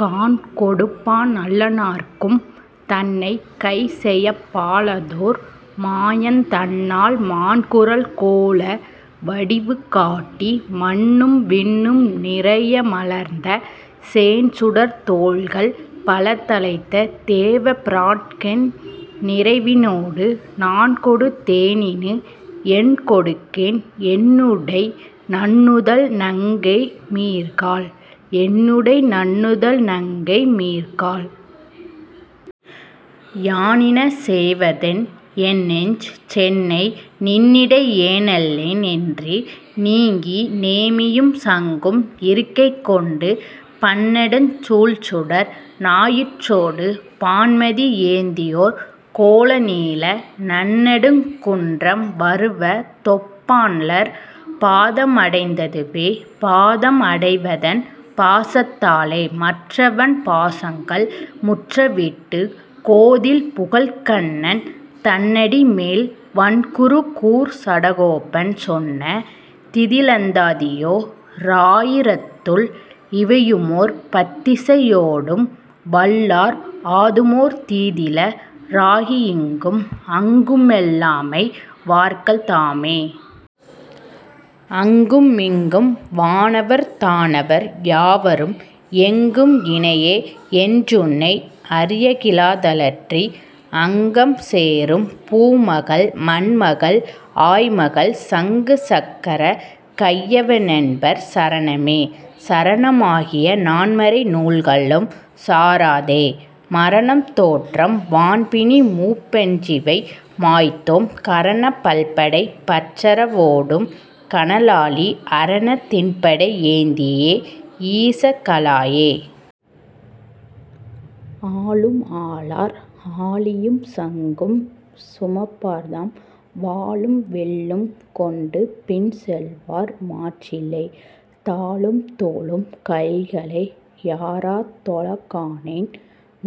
காண்கொடுப் பானல்ல னார்க்கும் தன்னைக்। கைசெயப் பாலதோர் மாயந் தன்னால், மாண்குறல் கோல வடிவு காட்டி மண்ணும் விண்ணும் நிறைய மலர்ந்த, சேண்சுடர்த் தோள்கள் பலத ழைத்த தேவ பிராற்கென் நிரைவினோடு, நாண்கொடுத் தேனினி யென்கொடுக்கேன் என்னுடை நன்னுதல் நங்கை மீர்காள்.. என்னுடை நன்னுதல் நங்கை மீர்காள். யானினச் செய்வதென்? என்நெஞ் சென்னை, நின்னிடை யேனல்லேன் என்று நீங்கி நேமியும் சங்கும் இருகைக் கொண்டு, பன்னெடுஞ் சூழ்சுடர் ஞாயிற் றோடு பான்மதி ஏந்தியொர் கோல நீல, நன்னெடுங் குன்றம் வருவ தொப்பான் லர்ப்பா தமடைந் ததுவே. பாதம் அடைவதன் பாசத் தாலே மற்றவன் பாசங்கள் முற்ற விட்டு, கோதில் புகழ்க்கண் ணன்தன் னடிமேல் வண்குரு கூர்ச்சட கோபன் சொன்ன, தீதிலந்தாதியோ ராயி ரத்துள் இவையுமோர் பத்திசை யோடும் வல்லார், ஆதுமோர் தீதில ராகி யிங்கும் அங்குமெல் லாமமை வார்கள் தாமே. அங்கு மிங்கும் வானவர் தானவர் யாவரும், எங்கும் இனையையென் றுன்னை அறியகிலா தலற்றி, அங்கம் சேரும் பூமகள் மண்மகள் ஆய்மகள், சங்கு சக்கரக் கையவ னென்பர் சரணமே.. சரண மாகிய நான்மறை நூல்களும் சாராதே, மரணம் தோற்றம் வான்பிணி மூப்பென் றிவைமாய்த்தோம், கரணப் பல்படை பற்றற வோடும் கனலாழி, அரணத் திண்படை யேந்திய ஈசற் காளாயே.. ஆளும் ஆளார் ஆழியும் சங்கும் சுமப்பார்தாம், வாளும் வில்லுங் கொண்டுபின் செல்வார் மாற்றில்லை, தாளும் தோளும் கைகளை யாரத் தொழக்காணேன்,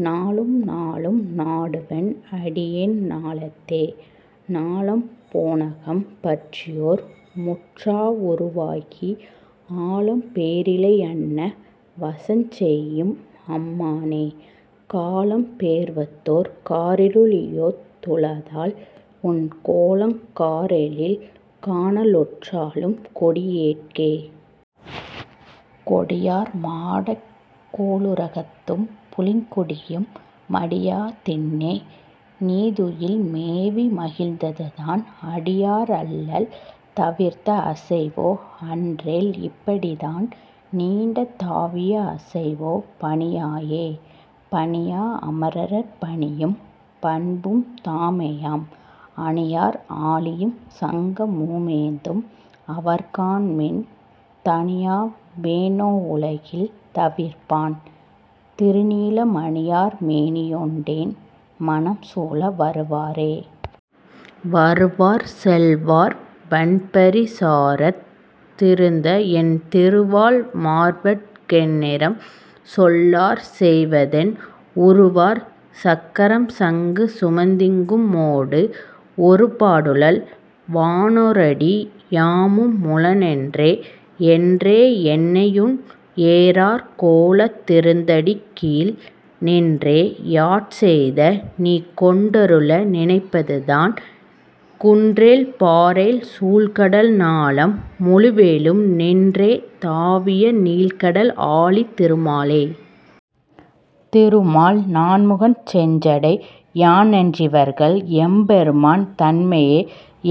நாளும் நாளும் நாடுவன் அடியேன் ஞாலத்தே.. ஞாலம் போனகம் பற்றியோர் முற்றா வுருவாகி, ஆலம் பேரிலை யன்னவ சஞ்செய்யும் அம்மானே, காலம் பேர்வதோர் காரிரு ளுழியொத் துளதால், உன் கோலங் காரேழில் காணலுற் றாழும் கொடியேற்கே.. கொடியார் மாடக் கோளு ரகத்தும் புளிங்குடியும், மடியா தின்னே நீதுயில் மேவி மகிழ்ந்ததுதான், அடியார் அல்லல் தவிர்த்த அசைவோ? அன்றேல், இப் படிதான் நீண்டு தாவிய அசைவோ? பணியாயே.. பணியா அமரர் பணிவும் பண்பும் தாமேயாம், அணியார் ஆழியும் சங்கமு மேந்தும் அவர்காண்மின், தணியா வெந்நோ யுலகில் தவிர்ப்பான், திருநீல மணியார் மேனியோ டென்மனம் சூழ வருவாரே.. வருவார் செல்வார் வண்பரி சாரத் திருந்த, என் திருவாழ் மார்வற் கென்திறம் சொல்லார் செய்வதென், உருவார் சக்கரம் சங்கு சுமந்திங் கும்மோடு, ஒருபா டுழல்வா னோரடி யானு முளனென்றே.. என்றே யென்னையுன் ஏரார் கோலத் திருந்தடிக்கீழ், நின்றே யாட்செய்ய நீகொண் டருள நினைப்பதுதான், குன்றெழ் பாரேழ் சூழ்கடல் ஞாலம் முழுவேழும், நின்றே தாவிய நீள்கழல் ஆழித் திருமாலே.. திருமால் நான்முகன் செஞ்சடை யானென் றிவர்கள், எம் பெருமான் தன்மையை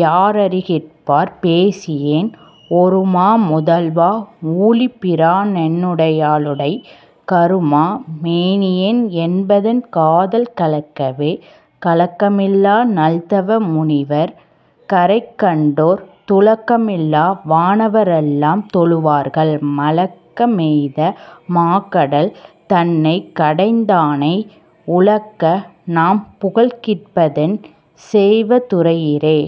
யாரறி கிற்பார் பேசியென், ஒருமா முதல்வா. ஊழிப் பிரானென் னையாளுடை, கருமா மேனியன் என்பனென் காதல் கலக்கவே.. கலக்க மில்லா நல்தவ முனிவர் கரைகண்டோ ர், துளக்க மில்லா வானவ ரெல்லாம் தொழுவார்கள், மலக்க மெய்த மாகடல் தன்னைக் கடைந்தானை, உலக்க நாம்புகழ் கிற்பதென் செய்வ துரையீரே.